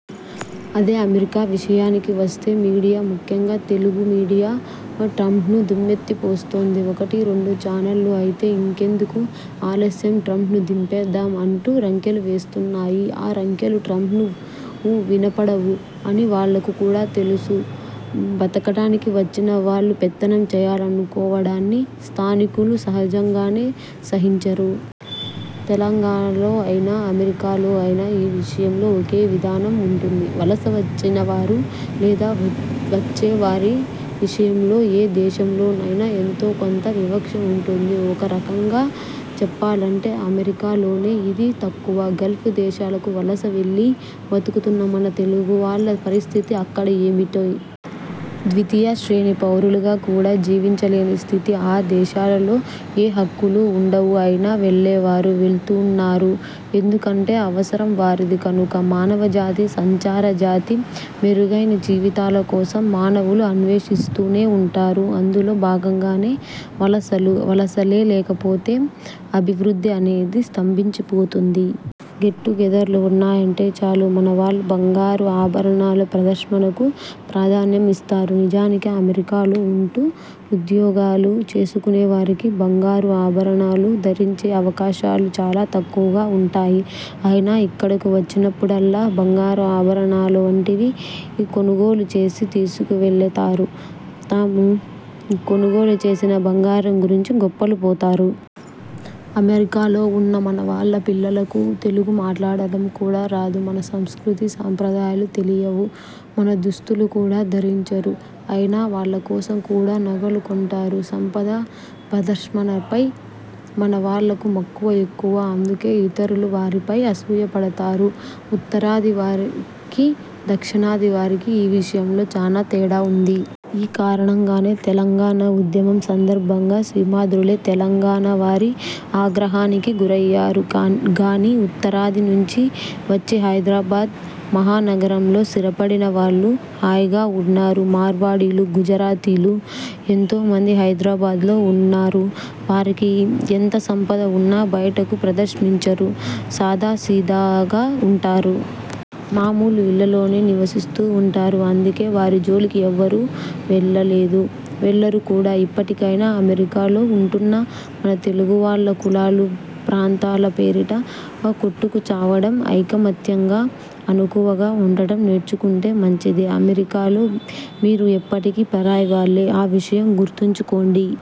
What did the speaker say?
అదే అమెరికా విషయానికి వస్తే మీడియా, ముఖ్యంగా తెలుగు మీడియా ట్రంప్ను దుమ్మెత్తిపోస్తోంది. ఒకటి రెండు చానళ్లు అయితే 'ఇంకెందుకు ఆలస్యం- ట్రంప్ను దింపేద్దాం' అంటూ రంకెలు వేస్తున్నాయి. ఆ రంకెలు ట్రంప్ను వినపడవు అని వాళ్లకు కూడా తెలుసు. బతకడానికి వచ్చినవాళ్లు పెత్తనం చేయాలనుకోవడాన్ని స్థానికులు సహజంగానే సహించరు. తెలంగాణలో అయినా, అమెరికాలో అయినా ఈ విషయంలో ఒకే విధానం ఉంటుంది. వలస వచ్చినవారు, లేదా వచ్చేవారి విషయంలో ఏ దేశంలోనైనా ఎంతో కొంత వివక్ష ఉంటుంది. ఒక రకంగా చెప్పాలంటే అమెరికాలోనే ఇది తక్కువ. గల్ఫ్ దేశాలకు వలసవెళ్లి బతుకుతున్న మన తెలుగువాళ్ల పరిస్థితి అక్కడ ఏమిటి? ద్వితీయ శ్రేణి పౌరులుగా కూడా జీవించలేని స్థితి. ఆ దేశాలలో ఏ హక్కులూ ఉండవు. అయినా వెళ్లేవారు వెళుతున్నారు. ఎందుకంటే అవసరం వారిది కనుక! మానవ జాతి సంచార జాతి. మెరుగైన జీవితాల కోసం మానవులు అన్వేషిస్తూనే ఉంటారు. అందులో భాగంగానే వలసలు. వలసలే లేకపోతే అభివృద్ధి అనేది స్తంభించిపోతుంది. గెట్ టు గెదర్లు ఉన్నాయంటే చాలు మనవాళ్లు బంగారు ఆభరణాల ప్రదర్శనకు ప్రాధాన్యం ఇస్తారు. నిజానికి అమెరికాలో ఉంటూ ఉద్యోగాలు చేసుకునేవారికి బంగారు ఆభరణాలు ధరించే అవకాశాలు చాలా తక్కువగా వస్తుంటాయి. అయినా ఇక్కడకు వచ్చినప్పుడల్లా బంగారు ఆభరణాలు వంటివి కొనుగోలు చేసి తీసుకువెళ్ళతారు. తాము కొనుగోలు చేసిన బంగారం గురించి గొప్పలు పోతారు. అమెరికాలో ఉన్న మనవాళ్ల పిల్లలకు తెలుగు మాట్లాడటం కూడా రాదు. మన సంస్కృతీ సంప్రదాయాలు తెలియవు. మన దుస్తులు। కూడా ధరించరు. అయినా వాళ్లకోసం కూడా నగలు కొంటారు. సంపద ప్రదశ్మనపై మనవాళ్లకు మక్కువ ఎక్కువ. అందుకే ఇతరులు వారిపై అసూయపడుతుంటారు. ఉత్తరాది వారికి, దక్షిణాది వారికి ఈ విషయంలో చానా తేడా ఉంది. ఈ కారణంగానే తెలంగాణ ఉద్యమం సందర్భంగా సీమాధ్రులే తెలంగాణవారి ఆగ్రహానికి గురయ్యారు గానీ, ఉత్తరాది నుంచి వచ్చి హైదరాబాద్ మహా నగరంలో స్థిరపడినవాళ్లు హాయిగా ఉన్నారు. మార్వాడీలు, గుజరాతీలు ఎంతో మంది హైదరాబాద్లో ఉన్నారు. వారికి ఎంత సంపద ఉన్నా బయటకు ప్రదర్శించరు. సాదాసీదాగా ఉంటారు. మామూలు ఇళ్లలోనే నివసిస్తూ ఉంటారు. అందుకే వారి జోలికి ఎవరూ వెళ్లలేదు. వెళ్లరు కూడా! ఇప్పటికైనా అమెరికాలో ఉంటున్న మన తెలుగువాళ్ల కులాలు, ప్రాంతాల పేరిట కొట్టుకు చావడం ఐకమత్యంగా, అణకువగా ఉండడం నేర్చుకుంటే మంచిది. అమెరికాలో మీరు ఎప్పటికీ పరాయివాళ్లే! ఆ విషయం గుర్తుంచుకోండి.